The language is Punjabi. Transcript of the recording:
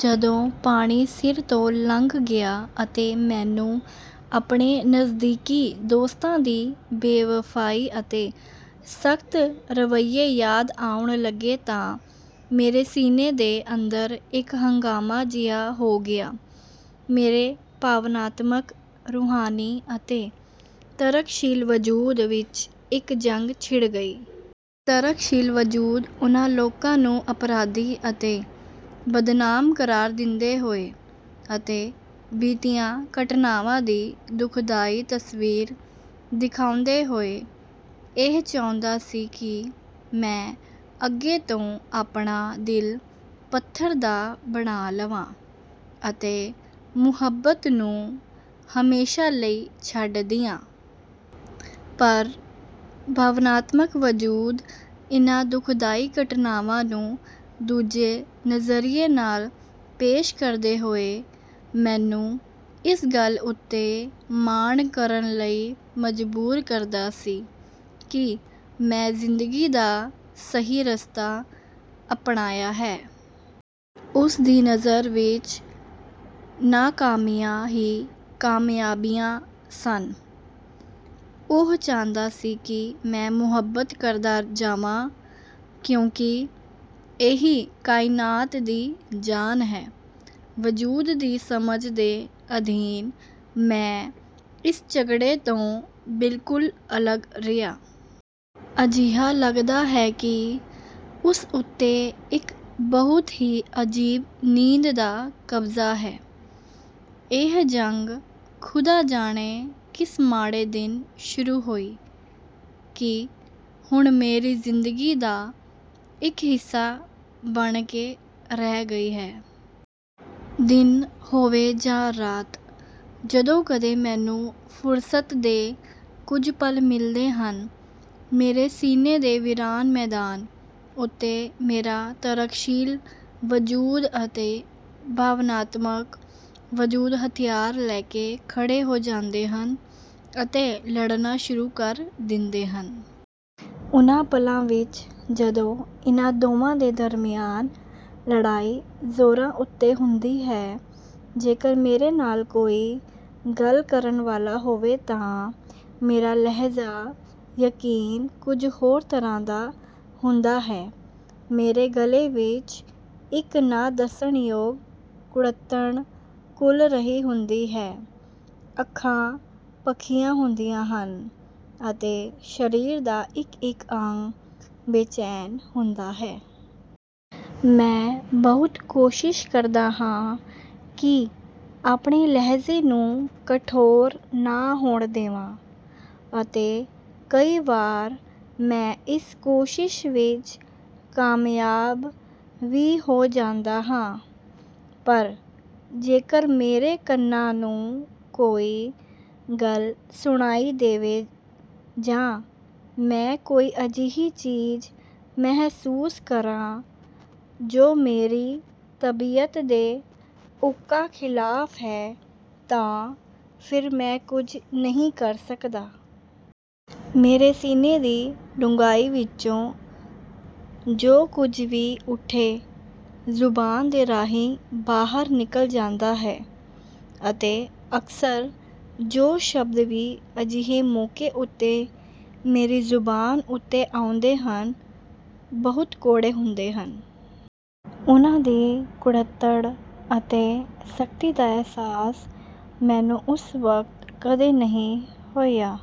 ਜਦੋਂ ਪਾਣੀ ਸਿਰ ਤੋਂ ਲੰਘ ਗਿਆ ਅਤੇ ਮੈਨੂੰ ਆਪਣੇ ਨਜ਼ਦੀਕੀ ਦੋਸਤਾਂ ਦੀ ਬੇਵਫ਼ਾਈ ਅਤੇ ਸਖ਼ਤ ਰਵੱਈਏ ਯਾਦ ਆਉਣ ਲੱਗੇ ਤਾਂ ਮੇਰੇ ਸੀਨੇ ਦੇ ਅੰਦਰ ਇੱਕ ਹੰਗਾਮਾ ਜਿਹਾ ਹੋ ਗਿਆ। ਮੇਰੇ ਭਾਵਨਾਤਮਕ, ਰੂਹਾਨੀ ਅਤੇ ਤਰਕਸ਼ੀਲ ਵਜੂਦ ਵਿੱਚ ਇੱਕ ਜੰਗ ਛਿੜ ਗਈ। ਤਰਕਸ਼ੀਲ ਵਜੂਦ ਉਨ੍ਹਾਂ ਲੋਕਾਂ ਨੂੰ ਅਪਰਾਧੀ ਅਤੇ ਬਦਨਾਮ ਕਰਾਰ ਦਿੰਦੇ ਹੋਏ ਅਤੇ ਬੀਤੀਆਂ ਘਟਨਾਵਾਂ ਦੀ ਦੁਖਦਾਈ ਤਸਵੀਰ ਦਿਖਾਉਂਦੇ ਹੋਏ ਇਹ ਚਾਹੁੰਦਾ ਸੀ ਕਿ ਮੈਂ ਅੱਗੇ ਤੋਂ ਆਪਣਾ ਦਿਲ ਪੱਥਰ ਦਾ ਬਣਾ ਲਵਾਂ ਅਤੇ ਮੁਹੱਬਤ ਨੂੰ ਹਮੇਸ਼ਾ ਲਈ ਛੱਡ ਦਿਆਂ, ਪਰ ਭਾਵਨਾਤਮਕ ਵਜੂਦ ਇਨ੍ਹਾਂ ਦੁਖਦਾਈ ਘਟਨਾਵਾਂ ਨੂੰ ਦੂਜੇ ਨਜ਼ਰੀਏ ਨਾਲ ਪੇਸ਼ ਕਰਦੇ ਹੋਏ ਮੈਨੂੰ ਇਸ ਗੱਲ ਉੱਤੇ ਮਾਣ ਕਰਨ ਲਈ ਮਜਬੂਰ ਕਰਦਾ ਸੀ ਕਿ ਮੈਂ ਜ਼ਿੰਦਗੀ ਦਾ ਸਹੀ ਰਸਤਾ ਅਪਣਾਇਆ ਹੈ। ਉਸਦੀ ਨਜ਼ਰ ਵਿੱਚ ਨਾਕਾਮੀਆਂ ਹੀ ਕਾਮਯਾਬੀਆਂ ਸਨ। ਉਹ ਚਾਹੁੰਦਾ ਸੀ ਕਿ ਮੈਂ ਮੁਹੱਬਤ ਕਰਦਾ ਜਾਵਾਂ ਕਿਉਂਕਿ ਇਹੀ ਕਾਇਨਾਤ ਦੀ ਜਾਨ ਹੈ। ਵਜੂਦ ਦੀ ਸਮਝ ਦੇ ਅਧੀਨ ਮੈਂ ਇਸ ਝਗੜੇ ਤੋਂ ਬਿਲਕੁਲ ਅਲੱਗ ਰਿਹਾ। ਅਜਿਹਾ ਲੱਗਦਾ ਹੈ ਕਿ ਉਸ ਉੱਤੇ ਇੱਕ ਬਹੁਤ ਹੀ ਅਜੀਬ ਨੀਂਦ ਦਾ ਕਬਜ਼ਾ ਹੈ। ਇਹ ਜੰਗ ਖ਼ੁਦਾ ਜਾਣੇ ਕਿਸ ਮਾੜੇ ਦਿਨ ਸ਼ੁਰੂ ਹੋਈ ਕਿ ਹੁਣ ਮੇਰੀ ਜ਼ਿੰਦਗੀ ਦਾ ਇੱਕ ਹਿੱਸਾ ਬਣ ਕੇ ਰਹਿ ਗਈ ਹੈ। ਦਿਨ ਹੋਵੇ ਜਾਂ ਰਾਤ, ਜਦੋਂ ਕਦੇ ਮੈਨੂੰ ਫੁਰਸਤ ਦੇ ਕੁਝ ਪਲ ਮਿਲਦੇ ਹਨ, ਮੇਰੇ ਸੀਨੇ ਦੇ ਵੀਰਾਨ ਮੈਦਾਨ ਉੱਤੇ ਮੇਰਾ ਤਰਕਸ਼ੀਲ ਵਜੂਦ ਅਤੇ ਭਾਵਨਾਤਮਕ ਵਜੂਦ ਹਥਿਆਰ ਲੈ ਕੇ ਖੜ੍ਹੇ ਹੋ ਜਾਂਦੇ ਹਨ ਅਤੇ ਲੜਨਾ ਸ਼ੁਰੂ ਕਰ ਦਿੰਦੇ ਹਨ। ਉਨ੍ਹਾਂ ਪਲਾਂ ਵਿੱਚ ਜਦੋਂ ਇਨ੍ਹਾਂ ਦੋਵਾਂ ਦੇ ਦਰਮਿਆਨ ਲੜਾਈ ਜ਼ੋਰਾਂ ਉੱਤੇ ਹੁੰਦੀ ਹੈ, ਜੇਕਰ ਮੇਰੇ ਨਾਲ਼ ਕੋਈ ਗੱਲ ਕਰਨ ਵਾਲਾ ਹੋਵੇ ਤਾਂ ਮੇਰਾ ਲਹਿਜ਼ਾ ਯਕੀਨ ਕੁਝ ਹੋਰ ਤਰ੍ਹਾਂ ਦਾ ਹੁੰਦਾ ਹੈ। ਮੇਰੇ ਗਲੇ ਵਿੱਚ ਇੱਕ ਨਾ ਦੱਸਣ ਯੋਗ ਕੁੜੱਤਣ ਘੁਲ ਰਹੀ ਹੁੰਦੀ ਹੈ, ਅੱਖਾਂ ਭਖੀਆਂ ਹੁੰਦੀਆਂ ਹਨ ਅਤੇ ਸ਼ਰੀਰ ਦਾ ਇੱਕ-ਇੱਕ ਅੰਗ ਬੇਚੈਨ ਹੁੰਦਾ ਹੈ। ਮੈਂ ਬਹੁਤ ਕੋਸ਼ਿਸ਼ ਕਰਦਾ ਹਾਂ ਕਿ ਆਪਣੇ ਲਹਿਜ਼ੇ ਨੂੰ ਕਠੋਰ ਨਾ ਹੋਣ ਦੇਵਾਂ ਅਤੇ ਕਈ ਵਾਰ ਮੈਂ ਇਸ ਕੋਸ਼ਿਸ਼ ਵਿੱਚ ਕਾਮਯਾਬ ਵੀ ਹੋ ਜਾਂਦਾ ਹਾਂ, ਪਰ ਜੇਕਰ ਮੇਰੇ ਕੰਨਾਂ ਨੂੰ ਕੋਈ ਗੱਲ ਸੁਣਾਈ ਦੇਵੇ ਜਾਂ ਮੈਂ ਕੋਈ ਅਜਿਹੀ ਚੀਜ਼ ਮਹਿਸੂਸ ਕਰਾਂ ਜੋ ਮੇਰੀ ਤਬੀਅਤ ਦੇ ਉੱਕਾ ਖਿਲਾਫ਼ ਹੈ ਤਾਂ ਫਿਰ ਮੈਂ ਕੁਝ ਨਹੀਂ ਕਰ ਸਕਦਾ। ਮੇਰੇ ਸੀਨੇ ਦੀ ਡੂੰਘਾਈ ਵਿੱਚੋਂ ਜੋ ਕੁਝ ਵੀ ਉੱਠੇ, ਜ਼ੁਬਾਨ ਦੇ ਰਾਹੀਂ ਬਾਹਰ ਨਿਕਲ ਜਾਂਦਾ ਹੈ ਅਤੇ ਅਕਸਰ ਜੋ ਸ਼ਬਦ ਵੀ ਅਜਿਹੇ ਮੌਕੇ ਉੱਤੇ ਮੇਰੀ ਜ਼ੁਬਾਨ ਉੱਤੇ ਆਉਂਦੇ ਹਨ, ਬਹੁਤ ਕੌੜੇ ਹੁੰਦੇ ਹਨ। ਉਨ੍ਹਾਂ ਦੀ ਕੁੜੱਤਣ ਅਤੇ ਸਖ਼ਤੀ ਦਾ ਅਹਿਸਾਸ ਮੈਨੂੰ ਉਸ ਵਕਤ ਕਦੇ ਨਹੀਂ ਹੋਇਆ।